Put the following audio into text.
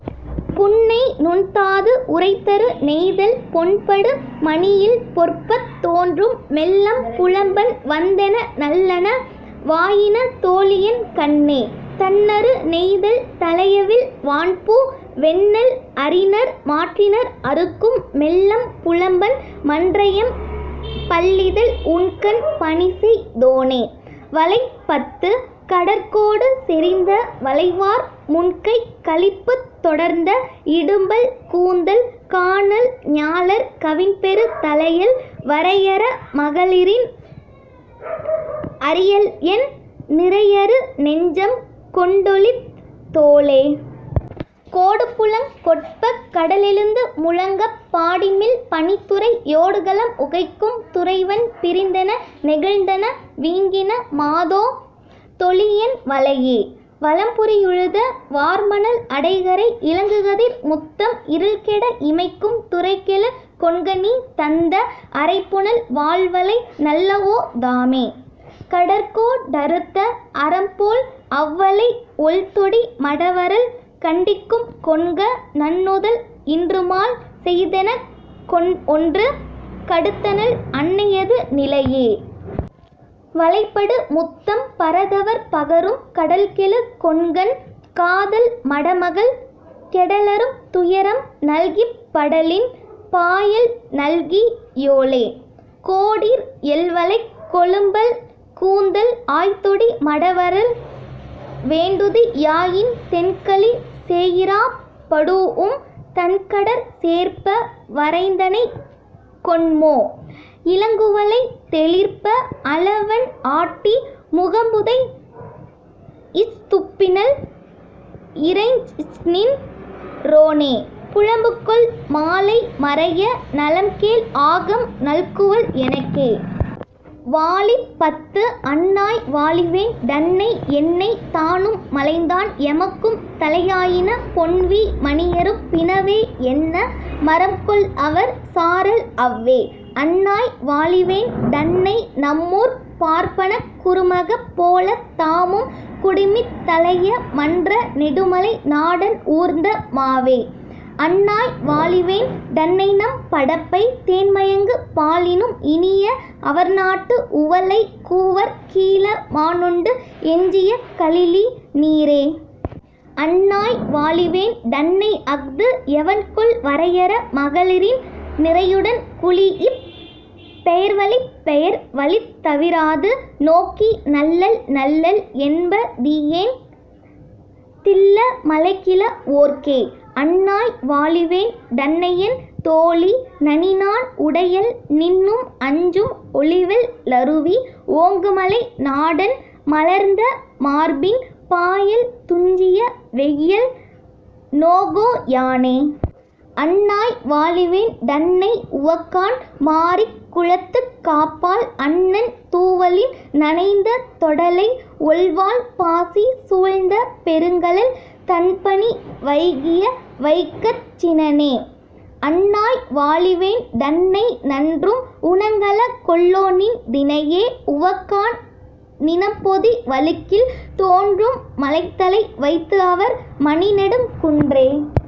புன்னை நுன்தாது உறைத்தரு நெய்தல் பொன்படு மணியில் பொற்பத் தோன்றும் மெல்லம் புலம்பன் வந்தென நல்லன வாயின தோழியென் கண்ணே. தண்ணறு நெய்தல் தளையவிழ் வான்பூ வெண்ணெல் அரிநர் மாற்றினர் அறுக்கும் மெல்லம் புலம்பன் மன்றஎம் பல்லிதழ் உண்கண் பனிசெய் தோனே..வளைப் பத்து. கடற்கோடு செறிந்த வளைவார் முன்கைக் கழிப்புத் தொடர்ந்த இடும்பல் கூந்தல் கானல் ஞாழற் கவின்பெறு தழையள் வரையர மகளிரின் அரியள்என் நிறையரு நெஞ்சம் கொண்டொளித் தோளே. கோடுபுலங் கொட்பக் கடலெழுந்து முழுங்கப் பாடிமிழ் பனித்துறை யோடுகலம் உகைக்கும் துறைவன் பிரிந்தென நெகிழ்ந்தன வீங்கின மாதோ தொழிஎன் வளையே. வலம்புரியுழுத வார்மணல் அடைகரை இலங்குகதிர் முத்தம் இருள்கெட இமைக்கும் துரைகெழு கொண்கநீ தந்த அறைபுனல் வால்வளை நல்லவோ தாமே. கடற்கோ டறுத்த அரம்போழ் அவ்வளை ஒள்தொடி மடவரல் கண்டிக்கும் கொண்க நன்னுதல் இன்றுமால் செய்தெனக் கொன்ஒன்று கடுத்தனள் அன்னையது நிலையே. வளைபடு முத்தம் பரதவர் பகரும் கடல்கெழு கொண்கன் காதல் மடமகள் கெடலரும் துயரம் நல்கிப் படலின் பாயல் நல்கி யோளெ. கோடீர் எல்வளைக் கொழும்பல் கூந்தல் ஆய்தொடி மடவரல் வேண்டுதி யாயின் தென்கழி சேயிறாப் படூஉம் தன்கடற் சேர்ப்ப வரைந்தனை கொண்மோ. இலங்குவளை தெளிர்ப்ப அலவன் ஆட்டி முகம்புதை ச்துப்பினள் இறைஞ்ச்நின் றோனே புலம்புகொள் மாலை மறைய நலம்கேழ் ஆகம் நல்குவள் எனக்கே. வாழிப் பத்து அன்னாய் வாழிவேண் டன்னை என்னை தானும் மலைந்தான் எமக்கும் தழையாயின பொன்வீ மணியரும் பினவே என்ன மரம்கொல்அவர் சாரல் அவ்வே. அன்னாய் வாழிவேண் டன்னை நம்மூர்ப் பார்ப்பனக் குறுமகப் போலத் தாமும் குடுமித் தலைய மன்ற நெடுமலை நாடன் ஊர்ந்த மாவே. அன்னாய் வாழிவேன் டன்னைநம் படப்பை தேன்மயங்கு பாலினும் இனிய அவர்நாட்டு உவலை கூவற் கீழ மானுண்டு எஞ்சிய கலிழி நீரே. அன்னாய் வாழிவேண் டன்னைஅஃது எவன்கொல் வரையர மகளிரின் நிரையுடன் குழீஇப் பெயர்வழிப் பெயர் வழித் தவிராது நோக்கி நல்லள் நல்லள் என்ப தீயேன் தில்ல மலைகிழ வோர்க்கே. அன்னாய் வாழிவேண் டன்னையென் தோழி நனிநான் உடையள் நின்னும் அஞ்சும் ஒலிவெள் ளருவி ஓங்குமலை நாடன் மலர்ந்த மார்பின் பாயல் துஞ்சிய வெய்யள் நோகோ யானே. அன்னாய் வாழிவேண் டன்னை உவக்காண் மாரிக் குளத்துக் காப்பாள் அன்னன் தூவலின் நனைந்த தொடலை ஒள்வாள் பாசி சூழ்ந்த பெருங்கழல் தண்பனி வைகிய வைக்கச் சினனே. அன்னாய் வாழிவேண் டன்னை நன்றும் உணங்கல கொல்லோநின் தினையே உவக்காண் நிணம்பொதி வழுக்கில் தோன்றும் மழைத்தலை வைத்துஅவர் மணிநெடுங் குன்றே.